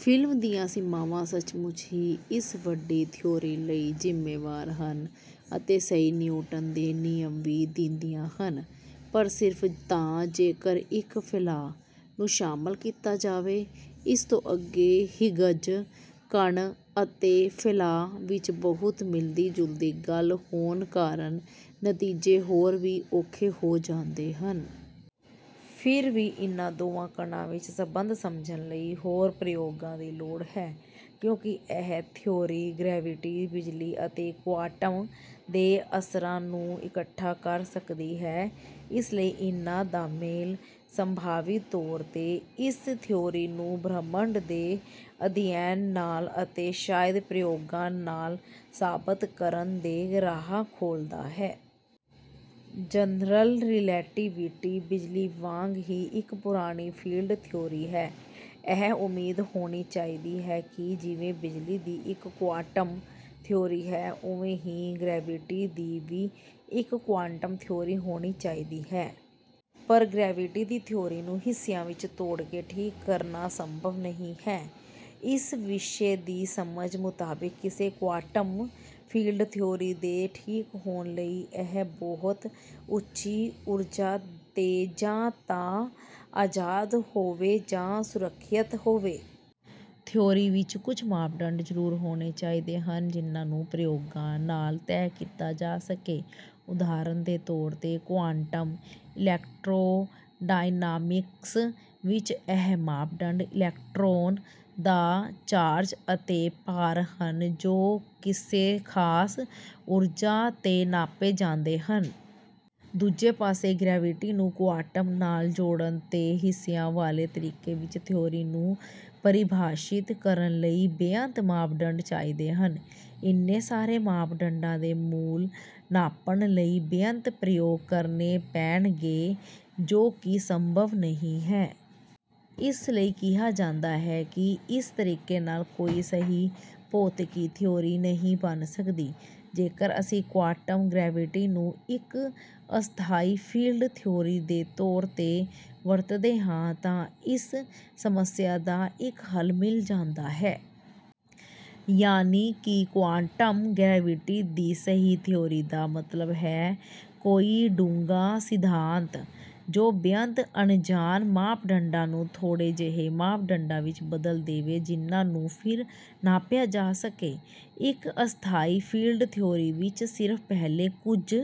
Field ਦੀਆਂ ਸੀਮਾਵਾਂ ਸੱਚਮੁੱਚ ਹੀ ਇਸ ਵੱਡੀ ਥਿਊਰੀ ਲਈ ਜਿੰਮੇਵਾਰ ਹਨ ਅਤੇ ਸਹੀ ਨਿਊਟਨ ਦੇ ਨਿਯਮ ਵੀ ਦਿੰਦੀਆਂ ਹਨ ਪਰ ਸਿਰਫ ਤਾਂ ਜੇਕਰ ਇੱਕ ਫੈਲਾਅ ਨੂੰ ਸ਼ਾਮਿਲ ਕੀਤਾ ਜਾਵੇ। ਇਸ ਤੋਂ ਅੱਗੇ ਹਿਗਜ਼ ਕਣ ਅਤੇ ਫੈਲਾਅ ਵਿੱਚ ਬਹੁਤ ਮਿਲਦੀ ਜੁਲਦੀ ਗੱਲ ਹੋਣ ਕਾਰਨ ਨਤੀਜੇ ਹੋਰ ਵੀ ਔਖੇ ਹੋ ਜਾਂਦੇ ਹਨ। ਫਿਰ ਵੀ ਇਨ੍ਹਾਂ ਦੋਵਾਂ ਕਣਾਂ ਵਿੱਚ ਸਬੰਧ ਸਮਝਣ ਲਈ ਹੋਰ ਪ੍ਰਯੋਗਾਂ ਦੀ ਲੋੜ ਹੈ। ਕਿਉਂਕਿ ਇਹ ਥਿਊਰੀ ਗਰੈਵਿਟੀ ਬਿਜਲੀ ਅਤੇ ਕੁਆਂਟਮ ਦੇ ਅਸਰਾਂ ਨੂੰ ਇਕੱਠਾ ਕਰ ਸਕਦੀ ਹੈ ਇਸ ਲਈ ਇਹਨਾਂ ਦਾ ਮੇਲ ਸੰਭਾਵੀ ਤੌਰ ਤੇ ਇਸ ਥਿਊਰੀ ਨੂੰ ਬ੍ਰਹਿਮੰਡ ਦੇ ਅਧਿਐਨ ਨਾਲ ਅਤੇ ਸ਼ਾਇਦ ਪ੍ਰਯੋਗਾਂ ਨਾਲ ਸਾਬਤ ਕਰਨ ਦੇ ਰਾਹ ਖੋਲ੍ਹਦਾ ਹੈ। ਜਨਰਲ ਰਿਲੇਟੀਵਿਟੀ ਬਿਜਲੀ ਵਾਂਗ ਹੀ ਇੱਕ ਪੁਰਾਣੀ ਫੀਲਡ ਥਿਊਰੀ ਹੈ। ਇਹ ਉਮੀਦ ਹੋਣੀ ਚਾਹੀਦੀ ਹੈ ਕਿ ਜਿਵੇਂ ਬਿਜਲੀ ਦੀ ਇੱਕ ਕੁਆਂਟਮ ਥਿਊਰੀ ਹੈ ਉਵੇਂ ਹੀ ਗਰੈਵਿਟੀ ਦੀ ਵੀ ਇੱਕ ਕੁਆਂਟਮ ਥਿਊਰੀ ਹੋਣੀ ਚਾਹੀਦੀ ਹੈ। ਪਰ ਗਰੈਵਿਟੀ ਦੀ ਥਿਊਰੀ ਨੂੰ ਹਿੱਸਿਆਂ ਵਿੱਚ ਤੋੜ ਕੇ ਠੀਕ ਕਰਨਾ ਸੰਭਵ ਨਹੀਂ ਹੈ। ਇਸ ਵਿਸ਼ੇ ਦੀ ਸਮਝ ਮੁਤਾਬਿਕ ਕਿਸੇ ਕੁਆਂਟਮ ਫੀਲਡ ਥਿਊਰੀ ਦੇ ਠੀਕ ਹੋਣ ਲਈ ਇਹ ਬਹੁਤ ਉੱਚੀ ਊਰਜਾ ਤੇ ਜਾਂ ਤਾਂ ਆਜ਼ਾਦ ਹੋਵੇ ਜਾਂ ਸੁਰੱਖਿਅਤ ਹੋਵੇ। ਥਿਊਰੀ ਵਿੱਚ ਕੁੱਝ ਮਾਪਦੰਡ ਜ਼ਰੂਰ ਹੋਣੇ ਚਾਹੀਦੇ ਹਨ ਜਿਨ੍ਹਾਂ ਨੂੰ ਪ੍ਰਯੋਗਾਂ ਨਾਲ ਤੈਅ ਕੀਤਾ ਜਾ ਸਕੇ। ਉਦਾਹਰਨ ਦੇ ਤੌਰ ਤੇ ਕੁਆਂਟਮ ਇਲੈਕਟ੍ਰੋਡਾਇਨਾਮਿਕਸ ਵਿੱਚ ਇਹ ਮਾਪਦੰਡ ਇਲੈਕਟ੍ਰੌਨ ਦਾ ਚਾਰਜ ਅਤੇ ਭਾਰ ਹਨ ਜੋ ਕਿਸੇ ਖਾਸ ਊਰਜਾ ਤੇ ਨਾਪੇ ਜਾਂਦੇ ਹਨ। ਦੂਜੇ ਪਾਸੇ ਗਰੈਵਿਟੀ ਨੂੰ ਕੁਆਂਟਮ ਨਾਲ ਜੋੜਨ ਤੇ ਹਿੱਸਿਆਂ ਵਾਲੇ ਤਰੀਕੇ ਵਿੱਚ ਥਿਊਰੀ ਨੂੰ ਪਰਿਭਾਸ਼ਿਤ ਕਰਨ ਲਈ ਬੇਅੰਤ ਮਾਪਦੰਡ ਚਾਹੀਦੇ ਹਨ। ਇੰਨੇ ਸਾਰੇ ਮਾਪਦੰਡਾਂ ਦੇ ਮੁੱਲ ਨਾਪਣ ਲਈ ਬੇਅੰਤ ਪ੍ਰਯੋਗ ਕਰਨੇ ਪੈਣਗੇ ਜੋ ਕਿ ਸੰਭਵ ਨਹੀਂ ਹੈ। ਇਸ ਲਈ ਕਿਹਾ ਜਾਂਦਾ ਹੈ ਕਿ ਇਸ ਤਰੀਕੇ ਨਾਲ ਕੋਈ ਸਹੀ ਭੌਤਿਕੀ ਥਿਊਰੀ ਨਹੀਂ ਬਣ ਸਕਦੀ। ਜੇਕਰ ਅਸੀਂ ਕੁਆਂਟਮ ਗਰੈਵਿਟੀ ਨੂੰ ਇੱਕ ਅਸਥਾਈ ਫੀਲਡ ਥਿਊਰੀ ਦੇ ਤੌਰ ਤੇ ਵਰਤਦੇ ਹਾਂ ਤਾਂ ਇਸ ਸਮੱਸਿਆ ਦਾ ਇੱਕ ਹੱਲ ਮਿਲ ਜਾਂਦਾ ਹੈ। ਯਾਨਿ ਕਿ ਕੁਆਂਟਮ ਗਰੈਵਿਟੀ ਦੀ ਸਹੀ ਥਿਊਰੀ ਦਾ ਮਤਲਬ ਹੈ ਕੋਈ ਡੂੰਘਾ ਸਿਧਾਂਤ ਜੋ ਬੇਅੰਤ ਅਣਜਾਣ ਮਾਪਦੰਡਾਂ ਨੂੰ ਥੋੜ੍ਹੇ ਜਿਹੇ ਮਾਪਦੰਡਾਂ ਵਿੱਚ ਬਦਲ ਦੇਵੇ ਜਿਨ੍ਹਾਂ ਨੂੰ ਫਿਰ ਨਾਪਿਆ ਜਾ ਸਕੇ। ਇੱਕ ਅਸਥਾਈ ਫੀਲਡ ਥਿਊਰੀ ਵਿੱਚ ਸਿਰਫ ਪਹਿਲੇ ਕੁੱਝ